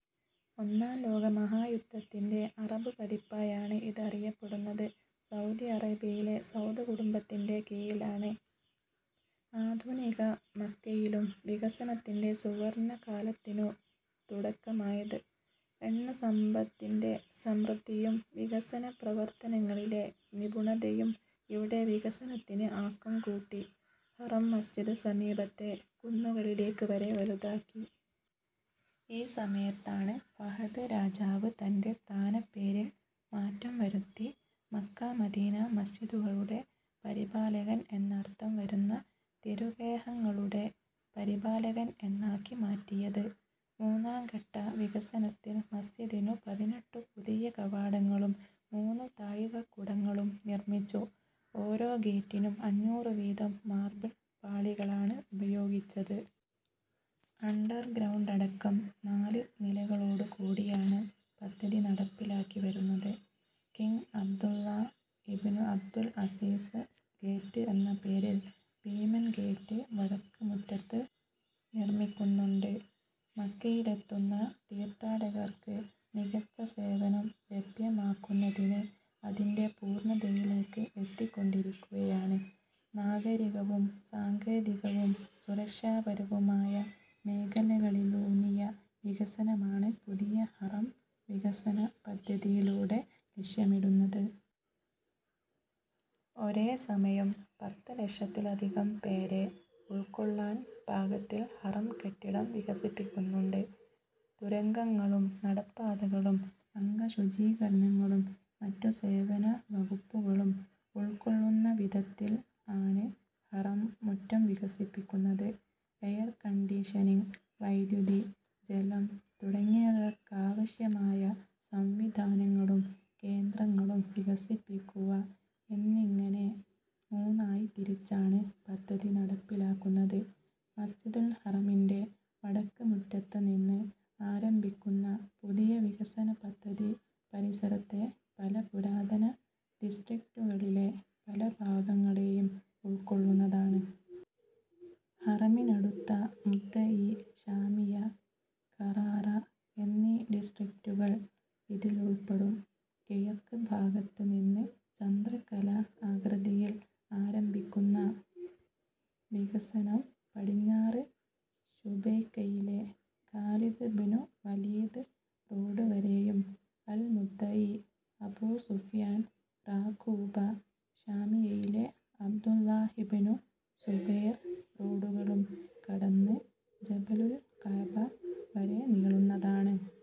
ഒന്നാം ലോക മഹാ യുദ്ധത്തിന്റെ അറബ് പതിപ്പായാണ് ഇത് അറിയപ്പെടുന്നത്. സൗദി അറേബ്യയിലെ സൗദ് കുടുംബത്തിന്റെ കീഴിലാണ് ആധുനിക മക്കയിലും വികസനത്തിന്റെ സുവർണ കാലത്തിനു തുടക്കമായത്. എണ്ണ സമ്പത്തിന്റെ സമൃദ്ധിയും വികസന പ്രവർത്തനങ്ങളിലെ നിപുണതയും ഇവിടെ വികസനത്തിന് ആക്കം കൂട്ടി. ഹറം മസ്ജിദ് സമീപത്തെ കുന്നുകളിലേക്ക് വരെ വലുതാക്കി. ഈ സമയത്താണ് ഫഹദ് രാജാവ് തന്റെ സ്ഥാനപ്പേരിൽ മാറ്റം വരുത്തി മക്ക-മദീന മസ്ജിദുകളുടെ പരിപാലകൻ എന്നർത്ഥം വരുന്ന തിരു ഗേഹങ്ങളുടെ പരിപാലകൻ എന്നാക്കി മാറ്റിയത്. മൂന്നാം ഘട്ട വികസനത്തിൽ മസ്ജിദിനു പതിനെട്ടു പുതിയ കവാടങ്ങളും മൂന്നു താഴികക്കുടങ്ങളും നിർമ്മിച്ചു. ഓരോ ഗേറ്റിനും അഞ്ഞൂറ് വീതം മാർബിൾ പാളികളാണ് ഉപയോഗിച്ചത്. അണ്ടർ ഗ്രൗണ്ടടക്കം നാല് നിലകളോട് കൂടിയാണ് പദ്ധതി നടപ്പിലാക്കി വരുന്നത്. King Abdullah ibn Abdul Aziz Gate എന്ന പേരിൽ ഭീമൻ ഗേറ്റ് വടക്ക് മുറ്റത്ത് നിർമ്മിക്കുന്നുണ്ട്. മക്കയിലെത്തുന്ന തീർത്ഥാടകർക്ക് മികച്ച സേവനം ലഭ്യമാക്കുന്നതിന് അതിന്റെ പൂർണതയിലേക്ക് എത്തിക്കൊണ്ടിരിക്കുകയാണ്. നാഗരികവും സങ്കേതികവും സുരക്ഷാപരവുമായ മേഖലകളിലൂന്നിയ വികസനമാണ് പുതിയ ഹറം വികസന പദ്ധതിയിലൂടെ ലക്ഷ്യമിടുന്നത്. ഒരേ സമയം പത്ത് ലക്ഷത്തിലധികം പേരെ ഉൾക്കൊള്ളാൻ പാകത്തിൽ ഹറം കെട്ടിടം വികസിപ്പിക്കുന്നുണ്ട്. തുരങ്കങ്ങളും നടപ്പാതകളും അംഗശുചീകരണങ്ങളും മറ്റു സേവന വകുപ്പുകളും ഉൾകൊള്ളുന്നവിധത്തിൽ ആണ് ഹറം മുറ്റം വികസിപ്പിക്കുന്നത്. എയർകണ്ടീഷനിങ്, വൈദ്യുതി, ജലം തുടങ്ങിയവക്കാവശ്യമായ സംവിധാനങ്ങളും കേന്ദ്രങ്ങളും വികസിപ്പിക്കുക എന്നിങ്ങനെ മൂന്നായി തിരിച്ചാണ് പദ്ധതി നടപ്പിലാക്കുന്നത്. മസ്ജിദുൽ ഹറമിന്റെ വടക്ക് മുറ്റത്ത് നിന്ന് ആരംഭിക്കുന്ന പുതിയ വികസന പദ്ധതി പരിസരത്തെ പല പുരാതന ഡിസ്ട്രിക്റ്റുകളിലെ പല ഭാഗങ്ങളെയും ഉൾക്കൊള്ളുന്നതാണ്. ഹറമിനടുത്ത മുദ്ദഇ, ശാമിയ, ഖറാറ എന്നീ ഡിസ്ട്രിക്റ്റുകൾ ഇതിലുൾപ്പെടും. കിഴക്ക് ഭാഗത്ത് നിന്ന് ചന്ദ്രക്കല ആകൃതിയിൽ ആരംഭിക്കുന്ന വികസനം പടിഞ്ഞാറ് ശുബൈയ്ക്കയിലെ ഖാലിദ് ബ്നു വലീദ് റോഡ് വരെയും അൽമുദ്ദഇ, അബൂസുഫ്യാൻ, റാഖൂബ, ശാമിയയിലെ അബ്ദുല്ലാഹിബ്നു സുബൈർ റോഡുകളും കടന്ന് ജബലുൽ കഅബ വരെ നീളുന്നതാണ്.